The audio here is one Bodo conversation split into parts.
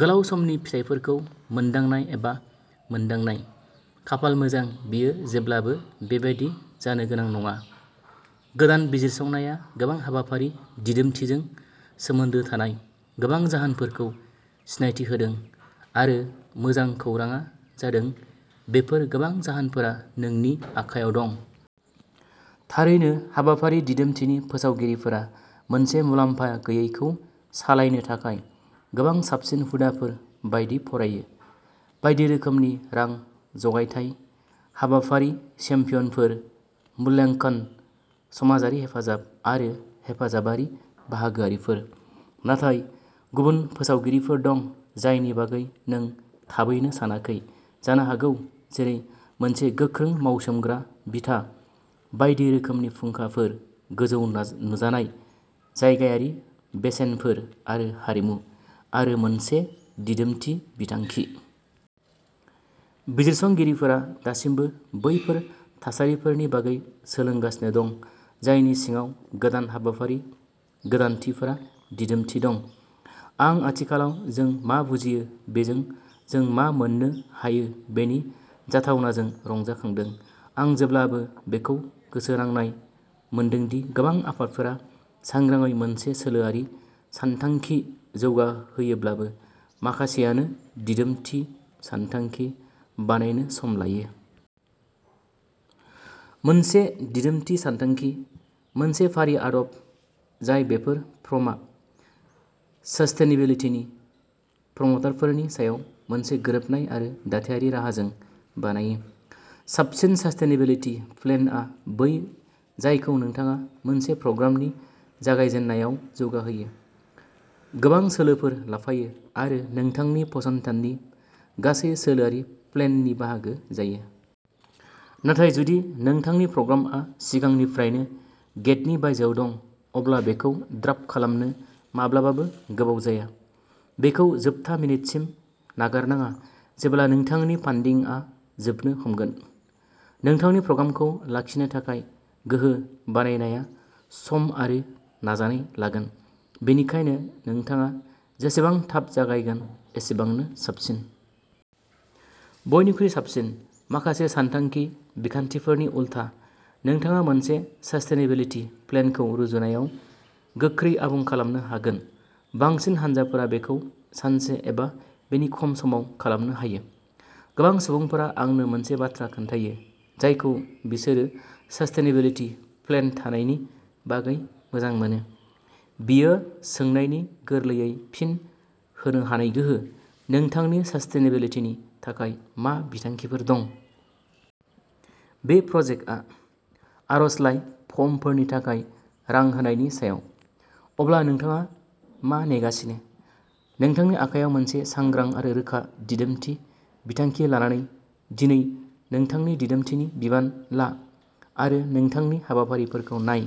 गोलाव समनि फिथाइफोरखौ मोनदांनाय एबा मोनदांनाय। खाफाल मोजां, बेयो जेब्लाबो बेबायदि जानो गोनां नङा। गोदान बिजिरसंनाया गोबां हाबाफारि दिदोमथिजों सोमोन्दो थानाय गोबां जाहोनफोरखौ सिनायथि होदों, आरो मोजां खौरांआ जादों बेफोर गोबां जाहोनफोरा नोंनि आखायाव दं। थारैनो, हाबाफारि दिदोमथिनि फोसावगिरिफोरा मोनसे मुलाम्फा-गैयैखौ सालायनो थाखाय गोबां साबसिन हुदाफोर बायदि फरायोः बायदि रोखोमनि रां-जगायथाय, हाबाफारि चेम्पियनफोर, मूल्याङ्कन, समाजारि हेफाजाब, आरो हेफाजाबारि बाहागोआरिफोर। नाथाय गुबुन फोसावगिरिफोर दं जायनि बागै नों थाबैनो सानाखै जानो हागौ, जेरै मोनसे गोख्रों मावसोमग्रा बिथा, बायदि रोखोमनि फुंखाफोर, गोजौ नुजानाय, जायगायारि बेसेनफोर आरो हारिमु, आरो मोनसे दिदोमथि बिथांखि। बिजिरसंगिरिफोरा दासिमबो बैफोर थासारिफोरनि बागै सोलोंगासिनो दं जायनि सिङाव गोदान हाबाफारि गोदानथिफोरा दिदोमथि दं, आं आथिखालाव जों मा बुजियो बेजों जों मा मोन्नो हायो बेनि जाथावनाजों रंजाखांदों। आं जेब्लाबो बेखौ गोसोनांनाय मोनदों दि गोबां आफादफोरा सांग्राङै मोनसे सोलोआरि सानथांखि जौगाहोयोब्लाबो, माखासेआनो दिदोमथि सानथांखि बानायनो सम लायो। मोनसे दिदोमथि सानथांखि। मोनसे फारि आदब जाय बेफोर प्र'मा सस्टेनेबिलिटिनि प्र'माटरफोरनि सायाव मोनसे गोरोबनाय आरो दाथायारि राहाजों बानायो। साबसिन सस्टेनेबिलिटि प्लेनआ बै जायखौ नोंथाङा मोनसे प्र'ग्रामनि जागायजेन्नायाव जौगाहोयो, गोबां सोलोफोर लाफायो, आरो नोंथांनि फसंथाननि गासै सोलोआरि प्लेननि बाहागो जायो। नाथाय जुदि नोंथांनि प्र'ग्रामआ सिगांनिफ्रायनो गेटनि बायजोआव दं, अब्ला बेखौ ड्राफ्ट खालामनो माब्लाबाबो गोबाव जाया। बेखौ जोबथा मिनिटसिम नागारनाङा जेब्ला नोंथांनि फान्डिंआ जोबनो हमगोन। नोंथांनि प्र'ग्रामखौ लाखिनो थाखाय गोहो बानायनाया सम आरो नाजानाय लागोन, बेनिखायनो नोंथाङा जेसेबां थाब जागायगोन, एसेबांनो साबसिन। बयनिख्रुइ साबसिन, माखासे सानथांखि बिखान्थिफोरनि उलथा, नोंथाङा मोनसे सस्टेनेबिलिटि प्लेनखौ रुजुनायाव गोख्रै आबुं खालामनो हागोन। बांसिन हानजाफोरा बेखौ सानसे एबा बेनि खम समाव खालामनो हायो। गोबां सुबुंफोरा आंनो मोनसे बाथ्रा खोन्थायो जायखौ बिसोरो सस्टेनेबिलिटि प्लेन थानायनि बागै मोजां मोनो, बियो सोंनायनि गोरलैयै फिन होनो हानाय गोहो, "नोंथांनि सस्टेनेबिलिटिनि थाखाय मा बिथांखिफोर दं?" बे प्रजेक्टआ?, "आर'जलाइ फर्मफोरनि थाखाय रां होनायनि सायाव। अब्ला, नोंथाङा मा नेगासिनो? नोंथांनि आखायाव मोनसे सांग्रां आरो रोखा दिदोमथि बिथांखि लानानै, दिनै नोंथांनि दिदोमथिनि बिबान ला आरो नोंथांनि हाबाफारिफोरखौ नाय,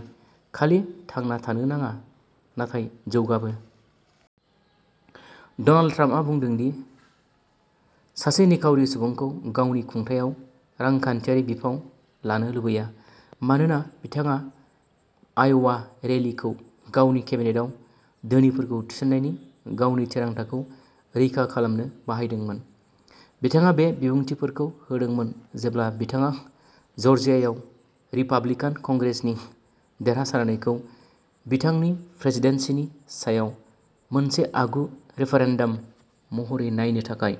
खालि थांना थानो नङा, नाथाय जौगाबो! डनाल्ड ट्राम्पआ बुंदों दि बिथाङा" सासे निखावरि सुबुं "खौ गावनि खुंथायाव रांखान्थियारि बिफाव लानो लुबैया, मानोना बिथाङा आय'वा रेलीखौ गावनि केबिनेटआव धोनिफोरखौ थिसननायनि गावनि थिरांथाखौ रैखा खालामनो बाहायदोंमोन। बिथाङा बे बिबुंथिफोरखौ होदोंमोन जेब्ला बिथाङा जर्जियायाव रिपाब्लिकान कंग्रेसनि देरहासारनायखौ बिथांनि प्रेसिडेन्सिनि सायाव मोनसे आगु रेफरेन्डम महरै नायनो थाखाय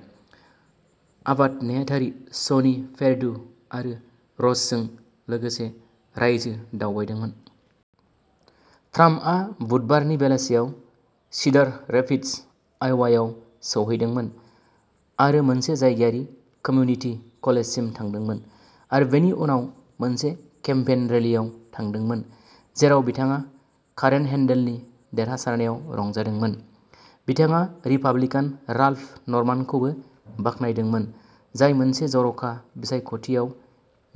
आबाद नेहाथारि सनी पेरडु आरो रसजों लोगोसे रायजो दावबायदोंमोन। ट्राम्पआ बुधबारनि बेलासियाव सिडार रेपिड्स, आय'वायाव सौहैदोंमोन आरो मोनसे जायगायारि कम्युनिटि कलेजसिम थांदोंमोन आरो बेनि उनाव मोनसे केम्पेन रैलीआव थांदोंमोन जेराव बिथाङा कारेन हेन्डेलनि देरहासारनायाव रंजादोंमोन। बिथाङा रिपाब्लिकान राल्फ नरमानखौबो बाख्नायदोंमोन, जाय मोनसे जर'खा बिसायख'थियाव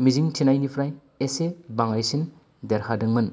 मिजिंथिनायनिफ्राय एसे बाङाइसिन देरहादोंमोन।